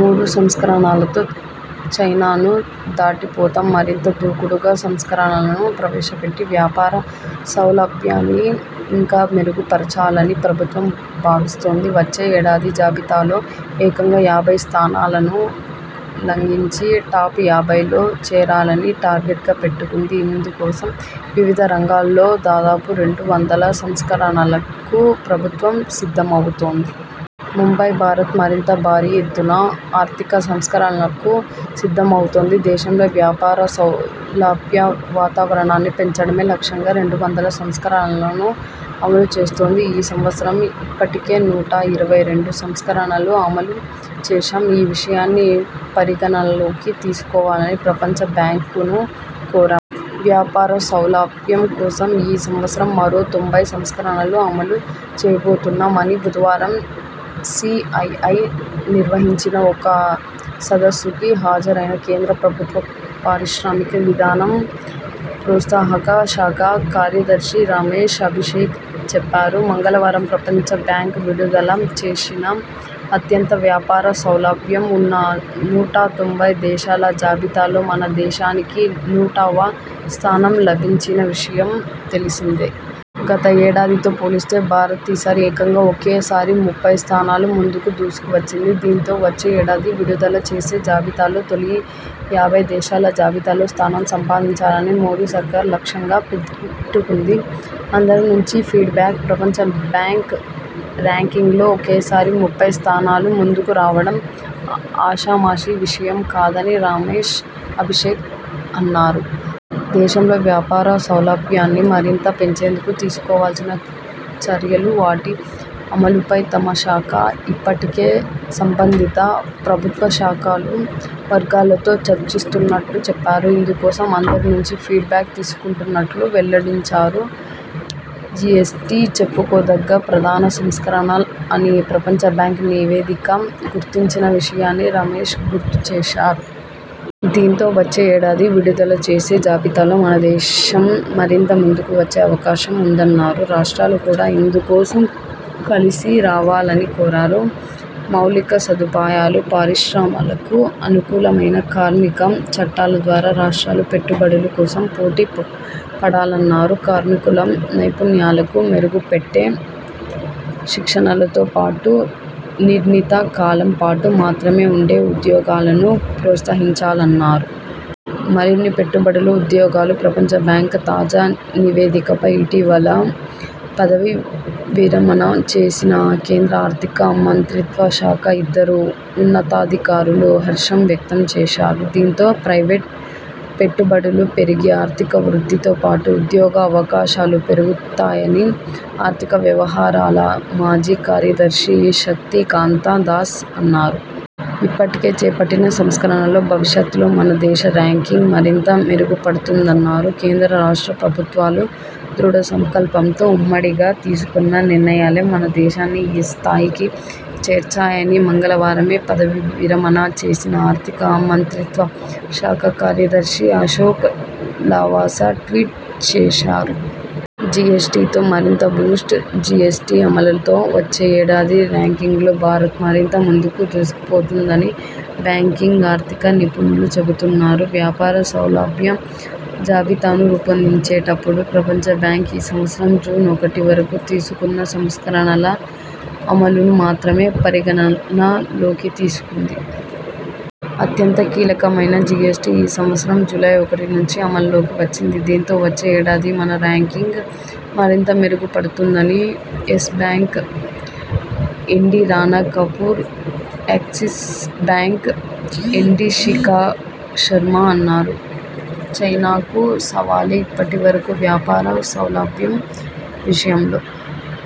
మూడు సంస్కరణలతో చైనాను దాటిపోతాం మరింత దూకుడుగా సంస్కరణలను ప్రవేశ పెట్టి వ్యాపార సౌలభ్యాన్ని ఇంకా మెరుగు పరచాలని ప్రభుత్వం భావిస్తోంది. వచ్చే ఏడాది జాబితాలో ఏకంగా యాభై స్థానాలను లంఘించి టాప్ యాభైలో చేరాలని టార్గెట్గా పెట్టుకుంది. ఇందు కోసం వివిధ రంగాల్లో దాదాపు రెండు వందల సంస్కరణలకు ప్రభుత్వం సిద్ధమవుతోంది. ముంబై భారత్ మరింత భారీ ఎత్తున ఆర్థిక సంస్కరణలకు సిద్ధమవుతోంది. దేశంలో వ్యాపార సౌలభ్య వాతావరణాన్ని పెంచడమే లక్ష్యంగా రెండు వందల సంస్కరణలను అమలు చేస్తోంది. ఈ సంవత్సరం ఇప్పటికే నూట ఇరవై రెండు సంస్కరణలు అమలు చేశాం. ఈ విషయాన్ని పరిగణనలోకి తీసుకోవాలని ప్రపంచ బ్యాంకును కోరాం. వ్యాపార సౌలభ్యం కోసం ఈ సంవత్సరం మరో తొంభై సంస్కరణలు అమలు చేయబోతున్నాం అని బుధవారం సిఐఐ నిర్వహించిన ఒక సదస్సుకు హాజరైన కేంద్ర ప్రభుత్వ పారిశ్రామిక విధానం, ప్రోత్సాహక శాఖ కార్యదర్శి రమేశ్ అభిషేక్ చెప్పారు. మంగళవారం ప్రపంచ బ్యాంక్ విడుదల చేసిన అత్యంత వ్యాపార సౌలభ్యం ఉన్న నూట తొంభై దేశాల జాబితాలో మన దేశానికి నూటవ స్థానం లభించిన విషయం తెలిసిందే. గత ఏడాధి తో పోలిస్తే భారత్ ఈసారి ఏకంగా ఒకే సారి ముప్పై స్థానాలు ముందుకు దూసుకు వచ్చింది. దీంతో వచ్చే ఏడాది విడుదల చేసే జాబితాలో తొలి యాభై దేశాల జాబితాలో స్థానం సంపాదించాలని మోదీ సర్కార్ లక్ష్యంగా పెట్టుకుంది. అందరి నుంచి ఫీడ్ బ్యాక్ ప్రపంచ బ్యాంక్ ర్యాంకింగ్లో ఒకేసారి ముప్పై స్థానాలు ముందుకు రావడం ఆషా మాషి విషయం కాదని రమేశ్ అభిషేక్ అన్నారు. దేశంలో వ్యాపార సౌలభ్యాన్ని మరింత పెంచేందుకు తీసుకోవాల్సిన చర్యలు, వాటి అమలుపై తమ శాఖ ఇప్పటికే సంబంధిత ప్రభుత్వ శాఖలు, వర్గాలతో చర్చిస్తున్నట్టు చెప్పారు. ఇందు కోసం అందరి నుంచి ఫీడ్ బ్యాక్ తీసుకుంటున్నట్టు వెల్లడించారు. జిఎ్సటి చెప్పుకోదగ్గ ప్రధాన సంస్కరణ అని ప్రపంచ బ్యాంక్ నివేదిక గుర్తించిన విషయాన్ని రమేశ్ గుర్తు చేశారు. దీంతో వచ్చే ఏడాది విడుదల చేసే జాబితాలో మన దేశం మరింత ముందుకు వచ్చే అవకాశం ఉందన్నారు. రాష్ట్రాలు కూడా ఇందు కోసం కలిసి రావాలని కోరారు. మౌలిక సదుపాయాలు, పరిశ్రమలకు అనుకూలమైన కార్మిక చట్టాల ద్వారా రాష్ట్రాలు పెట్టుబడుల కోసం పోటీ పడాలన్నారు. కార్మికుల నైపుణ్యాలకు మెరుగుపెట్టే శిక్షణలతో పాటు నిర్ణీత కాలం పాటు మాత్రమే ఉండే ఉద్యోగాలనూ ప్రోత్సహించాలన్నారు. మరిన్ని పెట్టుబడులు, ఉద్యోగాలు ప్రపంచ బ్యాంక్ తాజా నివేదికపై ఇటీవల పదవీ విరమణ చేసిన కేంద్ర ఆర్థిక మంత్రిత్వ శాఖ ఇద్దరు ఉన్నతాధికారులూ హర్షం వ్యక్తం చేశారు. దీంతో ప్రైవేట్ పెట్టుబడులు పెరిగి ఆర్థిక వృద్ధితోపాటు ఉద్యోగ అవకాశాలూ పెరుగుతాయని ఆర్థిక వ్యవహారాల మాజీ కార్యదర్శి శక్తికాంత దాస్ అన్నారు. ఇప్పటికే చేపట్టిన సంస్కరణలో భవిష్యత్లో మన దేశ ర్యాంకింగ్ మరింత మెరుగు పడుతుందన్నారు. కేంద్ర రాష్ట్ర ప్రభుత్వాలు దృఢ సంకల్పంతో ఉమ్మడిగా తీసుకున్న నిర్ణయాలే మన దేశాన్ని ఈ స్థాయికి చేర్చాయని మంగళవారమే పదవీ విరమణ చేసిన ఆర్థిక మంత్రిత్వ శాఖ కార్యదర్శి అశోక్ లవాసా ట్వీట్ చేశారు. జిఎ్సటితో మరింత బూస్ట్ జిఎ్సటి అమలుతో వచ్చే ఏడాది ర్యాంకింగ్లో భారత్ మరింత ముందుకు దూసుకుపోతుందని బ్యాంకింగ్, ఆర్థిక నిపుణులు చెబుతున్నారు. వ్యాపార సౌలభ్య జాబితాను రూపొందించేటపుడు ప్రపంచ బ్యాంక్ ఈ సంవత్సరం జూన్ ఒకటి వరకు తీసుకున్న సంస్కరణల అమలును మాత్రమే పరిగణనలోకి తీసుకుంది. అత్యంత కీలకమైన జిఎ్సటి ఈ సంవత్సరం జూలై ఒకటి నుంచి అమల్లోకి వచ్చింది. దీంతో వచ్చే ఏడాది మన ర్యాంకింగ్ మరింత మెరుగు పడుతుందని Yes Bank MD Rana Kapoor, Axis Bank MD Shikha Sharma అన్నారు. చైనాకూ సవాలే ఇప్పటి వరకు వ్యాపార సౌలభ్యం విషయంలో